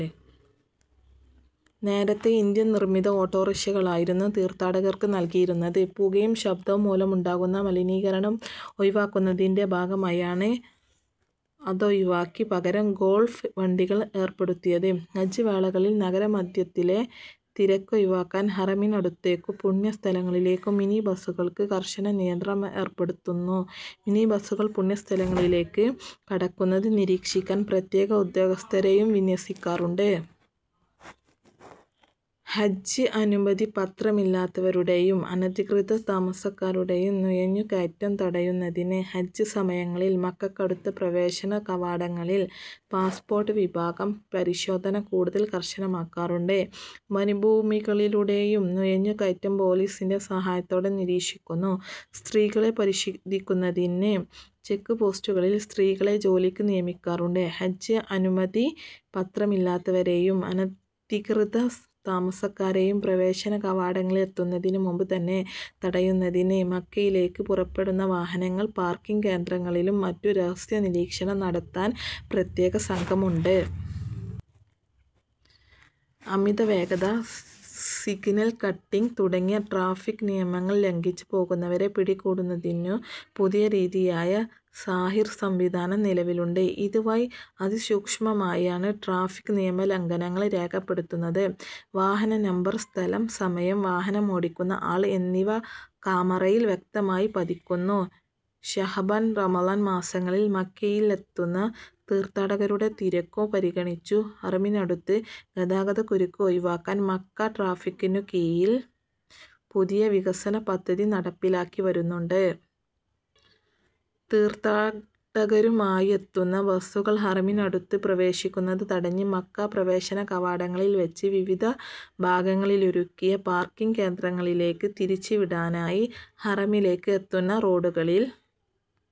നേരത്തെ ഇന്ത്യൻ നിർമ്മിത ഓട്ടോറിക്ഷകളായിരുന്നു തീർത്ഥാടകർക്ക് നൽകിയിരുന്നത്. പുകയും ശബ്ദവും മൂലമുണ്ടാകുന്ന മലിനീകരണം ഒഴിവാക്കുന്നതിന്റെ ഭാഗമായാണ് അതൊഴിവാക്കി പകരം ഗോൾഫ് വണ്ടികൾ ഏർപ്പെടുത്തിയത്. ഹജ്ജ് വേളകളിൽ നഗര മധ്യത്തിലെ തിരക്കൊഴിവാക്കാൻ ഹറമിനടുത്തേക്കും പുണ്യ സ്ഥലങ്ങളിലേക്കും മിനി ബസുകൾക്ക് കർശന നിയന്ത്രണമേർപ്പെടുത്തുന്നു. മിനി ബസുകൾ പുണ്യസ്ഥലങ്ങളിലേക്ക് കടക്കുന്നത് നിരീക്ഷിക്കാൻ പ്രത്യേക ഉദ്യോഗസ്ഥരെയും വിന്യസിക്കാറുണ്ട്. ഹജ്ജ് അനുമതി പത്രമില്ലാത്തവരുടെയും അനധികൃത താമസക്കാരുടെയും നുഴഞ്ഞുകയറ്റം തടയുന്നതിന് ഹജ്ജ് സമയങ്ങളിൽ മക്കക്കടുത്ത പ്രവേശന കവാടങ്ങളിൽ പാസ്പോർട്ട് വിഭാഗം പരിശോധന കൂടുതൽ കർശനമാക്കാറുണ്ട്. മരുഭൂമികളിലൂടെയുള്ള നുഴഞ്ഞുകയറ്റം പൊലീസിന്റെ സഹായത്തോടെ നിരീക്ഷിക്കുന്നു. സ്ത്രീകളെ പരിശോധിക്കുന്നതിന് ചെക്ക്പോസ്റ്റുകളിൽ സ്ത്രീകളെ ജോലിക്ക് നിയമിക്കാറുണ്ട്. ഹജ്ജ് അനുമതിപത്രമില്ലാത്തവരെയും അനധികൃത താമസക്കാരെയും പ്രവേശന കവാടങ്ങളിലെത്തുന്നതിന് മുമ്പ് തന്നെ തടയുന്നതിന് മക്കയിലേക്ക് പുറപ്പെടുന്ന വാഹന പാർക്കിങ് കേന്ദ്രങ്ങളിലും മറ്റും രഹസ്യ നിരീക്ഷണം നടത്താൻ പ്രത്യേക സംഘം ഉണ്ട്. അമിത വേഗത, സിഗ്നൽ കട്ടിങ് തുടങ്ങിയ ട്രാഫിക് നിയമങ്ങൾ ലംഘിച്ച് പോകുന്നവരെ പിടികൂടുന്നതിനു പുതിയ രീതിയായ സാഹിർ സംവിധാനം നിലവിലുണ്ട്. ഇത് വഴി അതിസൂക്ഷ്മമായാണ് ട്രാഫിക് നിയമലംഘനങ്ങൾ രേഖപ്പെടുത്തുന്നത്. വാഹന നമ്പർ, സ്ഥലം, സമയം, വാഹനമോടിക്കുന്ന ആൾ എന്നിവ കാമറയിൽ വ്യക്തമായി പതിയുന്നു. ശഅബാൻ, റമദാൻ മാസങ്ങളിൽ മക്കയിലത്തുന്ന തീർത്ഥാടകരുടെ തിരക്കും പരിഗണിച്ചു ഹറമിനടുത്ത് ഗതാഗതക്കുരുക്ക് ഒഴിവാക്കാൻ മക്ക ട്രാഫിക്കിനു കീഴിൽ പുതിയ വികസന പദ്ധതി നടപ്പിലാക്കിവരുന്നുണ്ട്. തീർത്ഥാടകരുമായെത്തുന്ന ബസുകൾ ഹറമിനടുത്തേക്ക് പ്രവേശിക്കുന്നത് തടഞ്ഞ് മക്ക പ്രവേശന കവാടങ്ങളിൽ വെച്ച് വിവിധ ഭാഗങ്ങളിലൊരുക്കിയ പാർക്കിങ് കേന്ദ്രങ്ങളിലേക്ക് തിരിച്ചുവിടാനായി ഹറമിലേക്ക് എത്തുന്ന റോഡുകളിൽ